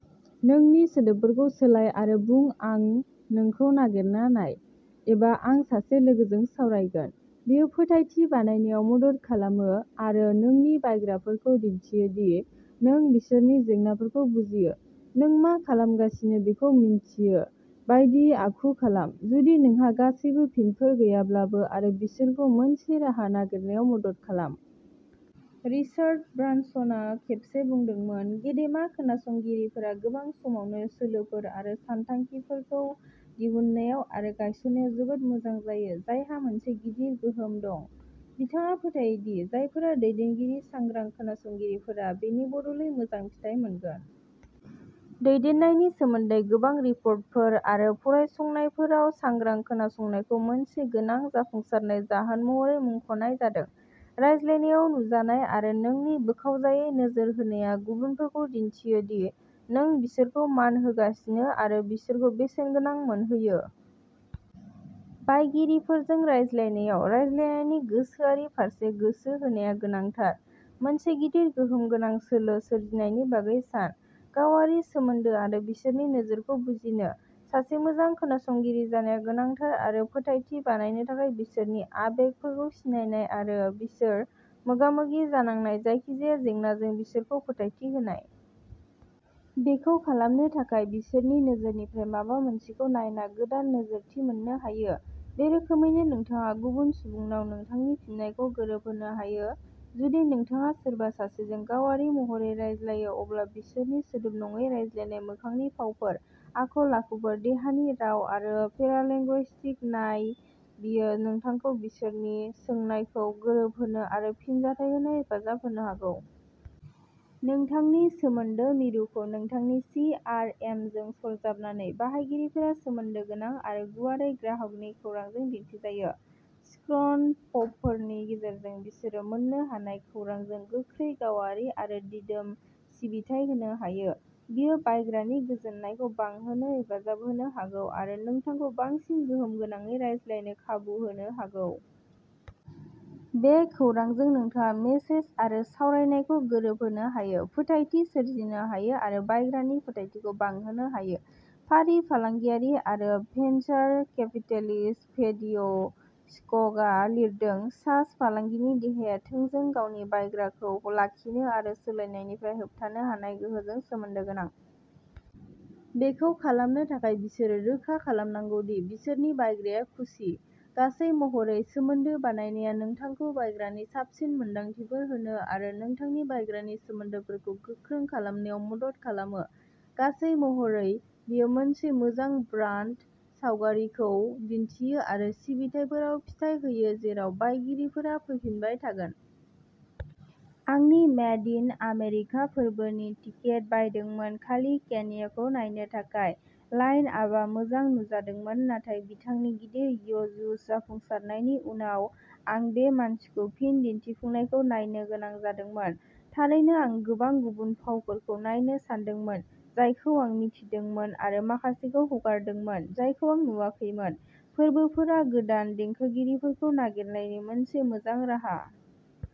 नोंनि सोदोबफोरखौ सोलाय आरो बुं, "आं नोंखौ नागिरना नाय" एबा "आं सासे लोगोजों सावरायगोन।" बेयो फोथायथि बानायनायाव मदद खालामो आरो नोंनि बायग्राफोरखौ दिन्थियो दि नों बिसोरनि जेंनाफोरखौ बुजियो। नों मा खालामगासिनो बेखौ मिन्थियो बायदि आखु खालाम, जुदि नोंहा गासैबो फिनफोर गैयाब्लाबो आरो बिसोरखौ मोनसे राहा नागिरनायाव मदद खालाम। रिचार्ड ब्रानसनआ खेबसे बुंदोंमोन, "गेदेमा खोनासंगिरिफोरा गोबां समावनो सोलोफोर आरो सानथांखिफोरखौ दिहुननायाव आरो गायसननायाव जोबोद मोजां जायो जायहा मोनसे गिदिर गोहोम दं।" बिथाङा फोथायो दि जायफोरा दैदेनगिरि सांग्रां खोनासंगिरिफोरा बेनि बदलै मोजां फिथाय मोनगोन। दैदेननायनि सोमोन्दै गोबां रिपर्टफोर आरो फरायसंनायफोराव, सांग्रां खोनासंनायखौ मोनसे गोनां जाफुंसारनाय जाहोन महरै मुंख'नाय जादों। रायज्लायनायाव नुजानाय आरो नोंनि बोखावजायै नोजोर होनाया गुबुनफोरखौ दिन्थियो दि नों बिसोरखौ मान होगासिनो आरो बिसोरखौ बेसेनगोनां मोनहोयो। बायगिरिफोरजों रायज्लायनायाव, रायज्लायनायनि गोसोआरि फारसे गोसो होनाया गोनांथार। मोनसे गिदिर गोहोम गोनां सोलो सोरजिनायनि बागै सान। गावारि सोमोन्दो आरो बिसोरनि नोजोरखौ बुजिनो। सासे मोजां खोनासंगिरि जानाया गोनांथार आरो फोथायथि बानायनो थाखाय बिसोरनि आबेगफोरखौ सिनायनाय आरो बिसोर मोगा-मोगि जानांनाय जायखिजाया जेंनाजों बिसोरखौ फोथायथि होनाय। बेखौ खालामनो थाखाय, बिसोरनि नोजोरनिफ्राय माबा मोनसेखौ नायना गोदान नोजोरथि मोन्नो हायो। बे रोखोमैनो नोंथाङा गुबुन सुबुंनाव नोंथांनि फिननायखौ गोरोबहोनो हायो। जुदि नोंथाङा सोरबा सासेजों गावारि महरै रायज्लायो, अब्ला बिसोरनि सोदोब नङै रायज्लायनाय मोखांनि भावफोर, आखल-आखुफोर, देहानि राव आरो पेरालिंगुइस्टिक नाय बेयो नोंथांखौ बिसोरनि सोंनायखौ गोरोबहोनो आरो फिनजाथाय होनो हेफाजाब होनो हागौ। नोंथांनि सोमोन्दो मिरुखौ नोंथांनि चि आर एमजों सरजाबनानै, बाहायगिरिफोरा सोमोन्दो गोनां आरो गुवारै ग्राहकनि खौरांजों दिन्थिजायो। स्क्रन पपफोरनि गेजेरजों बिसोरो मोन्नो हानाय खौरांजों गोख्रै, गावारि आरो दिदोम सिबिथाइ होनो हायो। बेयो बायग्रानि गोजोननायखौ बांहोनो हेफाजाब होनो हागौ आरो नोंथांखौ बांसिन गोहोम गोनांयै रायज्लायनो खाबु होनो हागौ। बे खौरांजों, नोंथाङा मेसेज आरो सावरायनायखौ गोरोबहोनो हायो, फोथायथि सोरजिनो हायो आरो बायग्रानि फोथायथिखौ बांहोनो हायो। फारि फालांगियारि आरो भेन्सार केपिटेलिस्ट, डेभिड स्क'कआ लिरदों, "सास फालांगिनि देहाया थोंजों गावनि बायग्राखौ लाखिनो आरो सोलायनायनिफ्राय होबथानो हानाय गोहोजों सोमोन्दो गोनां। बेखौ खालामनो थाखाय, बिसोरो रोखा खालामनांगौ दि बिसोरनि बायग्राया खुसि। गासै महरै, सोमोन्दो बानायनाया नोंथांखौ बायग्रानि साबसिन मोनदांथिफोर होनो आरो नोंथांनि बायग्रानि सोमोन्दोफोरखौ गोख्रों खालामनायाव मदद खालामो। गासै महरै, बेयो मोनसे मोजां ब्रान्ड सावगारिखौ दिन्थियो आरो सिबिथाइफोराव फिथाय होयो जेराव बायगिरिफोरा फैफिनबाय थागोन। आं नि मेड इन आमेरिका फोरबोनि टिकेट बायदोंमोन खालि केनयेखौ नायनो थाखाय। लाइन-आपआ मोजां नुजादोंमोन, नाथाय बिथांनि गिदिर यीजुस जाफुंसारनायनि उनाव आं बे मानसिखौ फिन दिन्थिफुंनायखौ नायनो गोनां जादोंमोन। थारैनो आं गोबां गुबुन फावफोरखौ नायनो सानदोंमोन, जायखौ आं मिथिदोंमोन आरो माखासेखौ हगारदोंमोन जायखौ आं नुवाखैमोन। फोरबोफोरा गोदान देंखोगिरिफोरखौ नागिरनायनि मोनसे मोजां राहा।